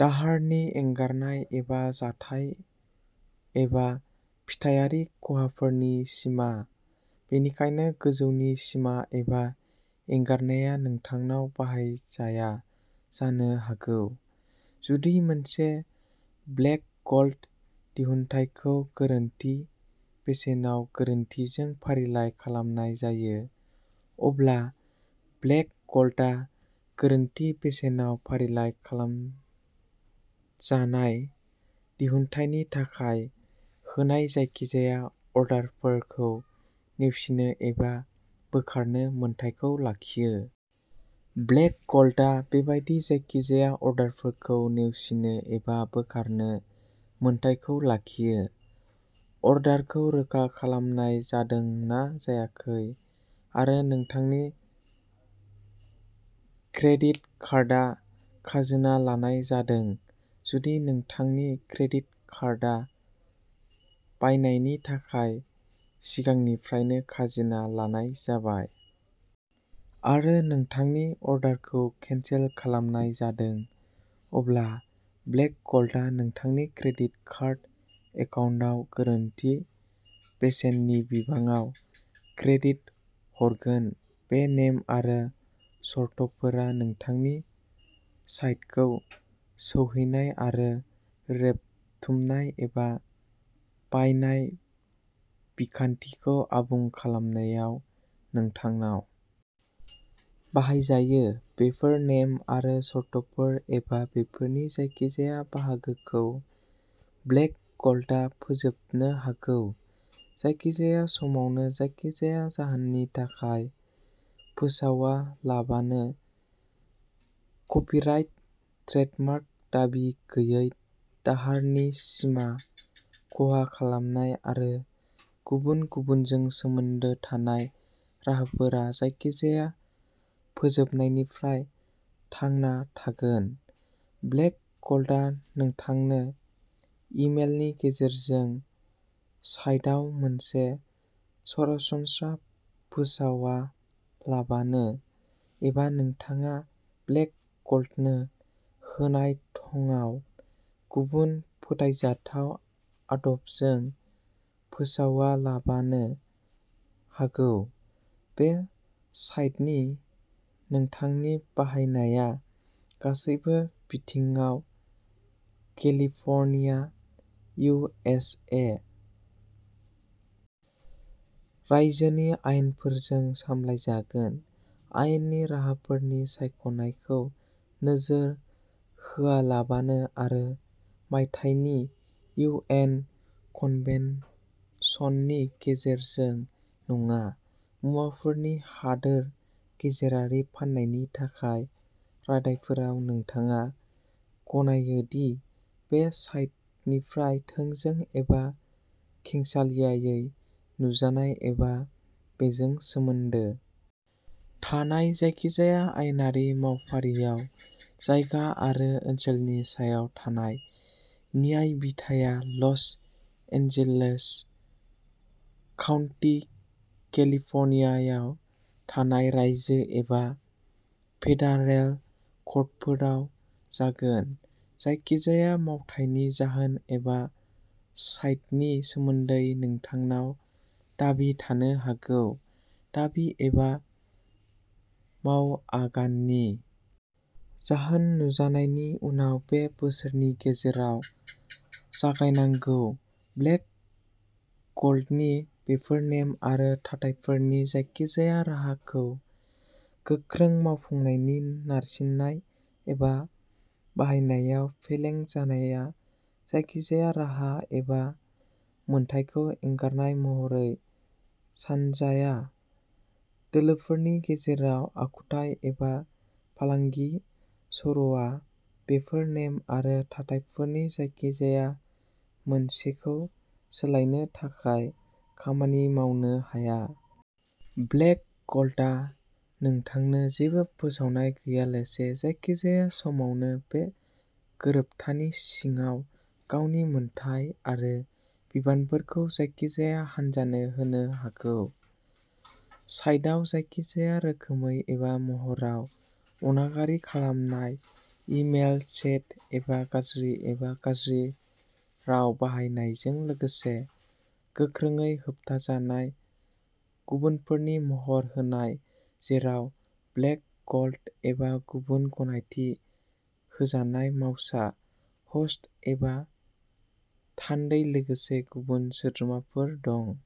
दाहारनि एंगारनाय एबा जाथाय एबा फिथायारि खहाफोरनि सिमा बेनिखायनो गोजौनि सिमा एबा एंगारनाया नोंथांनाव बाहायजाया जानो हागौ जुदि मोनसे ब्लेक गल्ड दिहुनथायखौ गोरोन्थि बेसेनाव गोरोन्थिजों फारिलाइ खालामनाय जायो अब्ला ब्लेक गल्डआ गोरोन्थि बेसेनाव फारिलाइ खालामजानाय दिहुनथायनि थाखाय होनाय जायखिजाया अर्डारफोरखौ नेवसिनो एबा बोखारनो मोन्थाइखौ लाखियो। ब्लेक गल्डआ बेबादि जायखिजाया अर्डारफोरखौ नेवसिनो एबा बोखारनो मोन्थाइखौ लाखियो अर्डारखौ रोखा खालामनाय जादों ना जायाखै आरो नोंथांनि क्रेडिट कार्डआ खाजोना लानाय जादों जुदि नोंथांनि क्रेडिट कार्डआ बायनायनि थाखाय सिगांनिफ्रायनो खाजोना लानाय जाबाय आरो नोंथांनि अर्डारखौ केनसेल खालामनाय जादों अब्ला ब्लेक गल्डआ नोंथांनि क्रेडिट कार्ड एकाउन्टआव गोरोन्थि बेसेननि बिबांआव क्रेडिट हरगोन बे नेम आरो सर्तफोरा नोंथांनि साइटखौ सौहैनाय आरो रेबथुमनाय एबा बायनाय बिखान्थिखौ आबुं खालामनायाव नोंथांनाव बाहायजायो बेफोर नेम आरो सर्तफोर एबा बेफोरनि जायखिजाया बाहागोखौ ब्लेक गल्डआ फोजोबनो हागौ जायखिजाया समावनो जायखिजाया जाहोननि थाखाय फोसावालाबानो कपिराइट ट्रेडमार्क दाबि गैयै दाहारनि सिमा खहा खालामनाय आरो गुबुन गुबुनजों सोमोन्दो थानाय राहाफोरा जायखिजाया फोजोबनायनिफ्राय थांना थागोन ब्लेक गल्डआ नोंथांनो इ मेलनि गेजेरजों साइटआव मोनसे सरासनस्रा फोसावालाबानो एबा नोंथाङा ब्लेक गल्डनो होनाय थंआव गुबुन फोथायजाथाव आदबजों फोसावालाबानो हागौ बे साइटनि नोंथांनि बाहायनाया गासैबो बिथिङाव केलिफर्निया इउ एस ए. रायजोनि आयेनफोरजों सामलायजागोन आयेननि राहाफोरनि सायख'नायखौ नोजोर होआलाबानो आरो मायथाइनि इउ एन कनभेनसननि गेजेरजों नङा मुवाफोरनि हादोर गेजेरारि फाननायनि थाखाय रादायफोराव नोंथाङा गनायो दि बे साइटनिफ्राय थोंजों एबा खेंसालियायै नुजानाय एबा बेजों सोमोन्दो थानाय जायखिजाया आयेनारि मावफारिआव जायगा आरो ओनसोलनि सायाव थानाय न्यायबिथाया लस एन्जेल्स काउन्टि केलिफर्नियायाव थानाय रायजो एबा फेडारेल कर्टफोराव जागोन जायखिजाया मावथायनि जाहोन एबा साइटनि सोमोन्दै नोंथांनाव दाबि थानो हागौ दाबि एबा मावआगाननि जाहोन नुजानायनि उनाव से बोसोरनि गेजेराव जागायनांगौ ब्लेक गल्डनि बेफोर नेम आरो थाथायफोरनि जायखिजाया राहाखौ गोख्रों मावफुंनायाव नारसिननाय एबा बाहायनायाव फेलें जानाया जायखिजाया राहा एबा मोनथायखौ एंगारनाय महरै सानजाया दोलोफोरनि गेजेराव आखुथाय एबा फालांगि सर'आ बेफोर नेम आरो थाथायफोरनि जायखिजाया मोनसेखौ सोलायनो थाखाय खामानि मावनो हाया। ब्लेक गल्डआ नोंथांनो जेबो फोसावनाय गैयालासे जायखिजाया समावनो बे गोरोबथानि सिङाव गावनि मोनथाय आरो बिबानफोरखौ जायखिजाया हान्जानो होनो हागौ। साइटआव जायखिजाया रोखोमै एबा महराव अनागारि खालामनाय इ मेल चैट एबा गाज्रि एबा गाज्रि राव बाहायनायजों लोगोसे गोख्रोङै होबथाजानाय गुबुनफोरनि महर होनाय जेराव ब्लेक गल्ड एबा गुबुन गनायथि होजानाय मावसा ह'स्ट एबा थान्दै लोगोसे गुबुन सोद्रोमाफोर दं।